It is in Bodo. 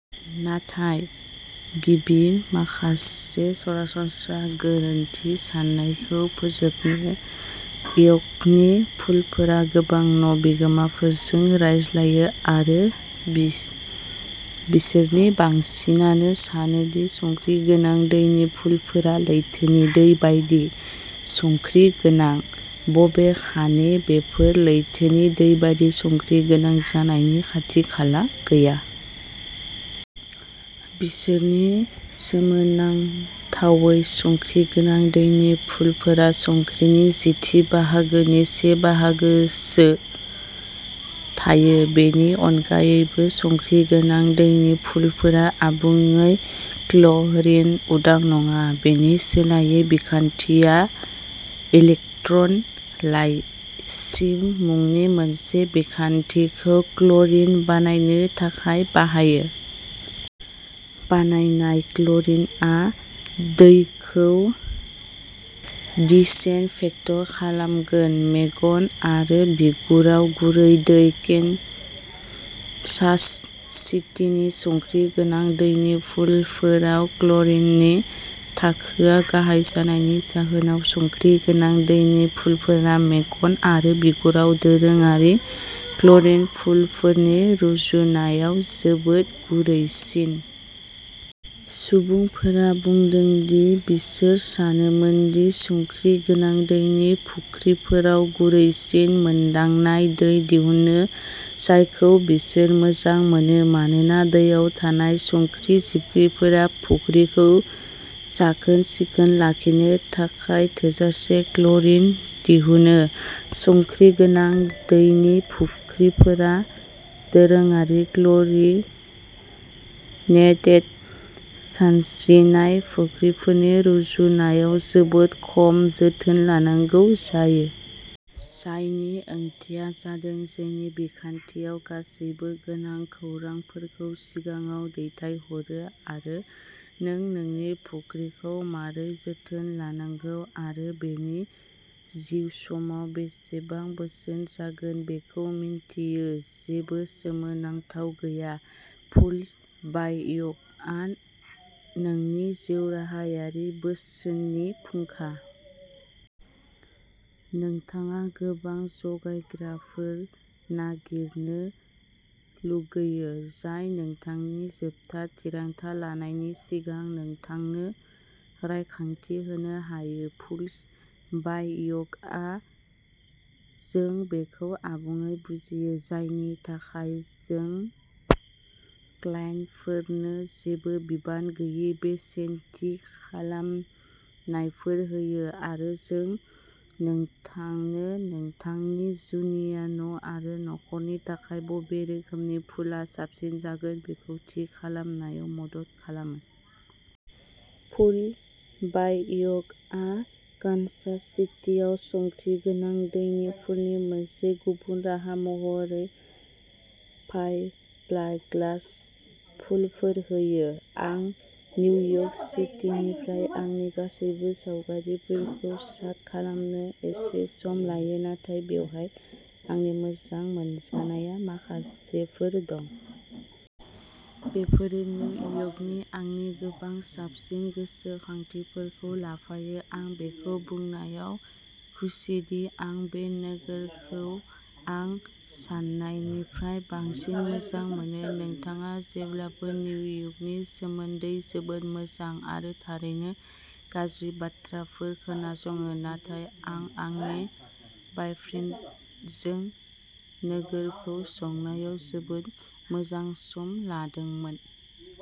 नाथाय गिबि माखासे सरासनस्रा गोरोन्थि साननायखौ फोजोबदों। यर्कनि पुलफोरा गोबां न' बिगोमाफोरजों रायज्लायो आरो बिसो बिसोरनि बांसिनानो सानो दि संख्रि गोनां दैनि पुलफोरा लैथोनि दै बायदि संख्रि गोनां। बबेखानि बेफोर लैथोनि दै बायदि संख्रि गोनां जानायनि खाथि-खाला गैया। बिसोरनि सोमोनांथावै संख्रि गोनां दैनि पुलफोराव संख्रिनि जिथि बाहागोनि से बाहागोसो थायो। बेनि अनगायैबो संख्रि गोनां दैनि पुलफोरा आबुङै क्ल'रिन उदां नङा। बेनि सोलायै बिखान्थिया इलेक्ट्र'लाइसिस मुंनि मोनसे बिखान्थिखौ क्ल'रिन बानायनो थाखाय बाहायो। बानायनाय क्ल'रिनआ दैखौ दिसइनफेक्ट खालामगोन। मेगन आरो बिगुराव गुरै दै। केन्सास सिटीनि संख्रि गोनां दैनि पुलफोराव क्ल'रिननि थाखोआ गाहाय जानायनि जाहोनाव संख्रि गोनां दैनि पुलफोरा मेगन आरो बिगुराव दोरोङारि क्ल'रिन पुलफोरनि रुजुनायाव जोबोद गुरैसिन। सुबुंफोरा बुंदों दि बिसोर सानोमोन दि संख्रि गोनां दैनि फुख्रिफोरा गुरैसिन मोनदांनाय दै दिहुनो, जायखौ बिसोर मोजां मोनो। मानोना दैयाव थानाय संख्रि जिबख्रिफोरा फुख्रिखौ साखोन-सिखोन लाखिनो थाखाय थोजासे क्ल'रिन दिहुनो। संख्रि गोनां दैनि फुख्रिफोरा दोरोङारि क्ल'रिनेटेड सानस्रिनाय फुख्रिफोरनि रुजुनायाव जोबोद खम जोथोन लानांगौ जायो। जायनि ओंथिया जादों जोंनि बिखान्थिया गासैबो गोनां खौरांफोरखौ सिगाङाव दैथायहरो आरो नों नोंनि फुख्रिखौ माबोरै जोथोन लानांगौ आरो बेनि जिउसमाव बेसेबां बेसेन जागोन बेखौ मिन्थियो। जेबो सोमोनांथाव गैया, पुल्स बाइ यर्कआ नोंनि जिउराहायारि बोसोननि फुंखा। नोंथाङा गोबां जगायग्राफोर नागिरनो लुगैयो जाय नोंथांनि जोबथा थिरांथा लानायनि सिगां नोंथांनो रायखांथि होनो हायो। पुल्स बाय यर्कआव जों बेखौ आबुङै बुजियो, जायनि थाखाय जों क्लाइन्टफोरनो जेबो बिबान गैयै बेसेन थि खालामनायफोर होयो आरो जों नोंथांनो नोंथांनि जुनिया न' आरो न'खरनि थाखाय बबे रोखोमनि पुलआ साबसिन जागोन बेखौ थि खालामनायाव मदद खालामो। पुल्स बाय यर्कआ कानसास सिटीआव संख्रि गोनां दैनि पुलनि मोनसे गुबुन राहा महरै फाइब्लाग्लास पुलफोर होयो। आं निउ यर्क सिटीनिफ्राय आंनि गासैबो सावगारिफोरखौ सार्ट खालामनो एसे सम लायो, नाथाय बेवहाय आंनि मोजां मोनजानाय माखासेफोर दं। बेफोरो निउ यर्कनि आंनि गोबां साबसिन गोसोखांथिफोरखौ लाफायो। आं बेखौ बुंनायाव खुसिदि आं बे नोगोरखौ आं सान्नायनिफ्राय बांसिन मोजां मोनो। नोंथाङा जेब्लाबो निउ यर्कनि सोमोन्दै जोबोद मोजां आरो थारैनो गाज्रि बाथ्राफोर खोनासङो, नाथाय आं आंनि बायफ्रेन्डजों नोगोरखौ संनायाव जोबोद मोजां सम लादोंमोन।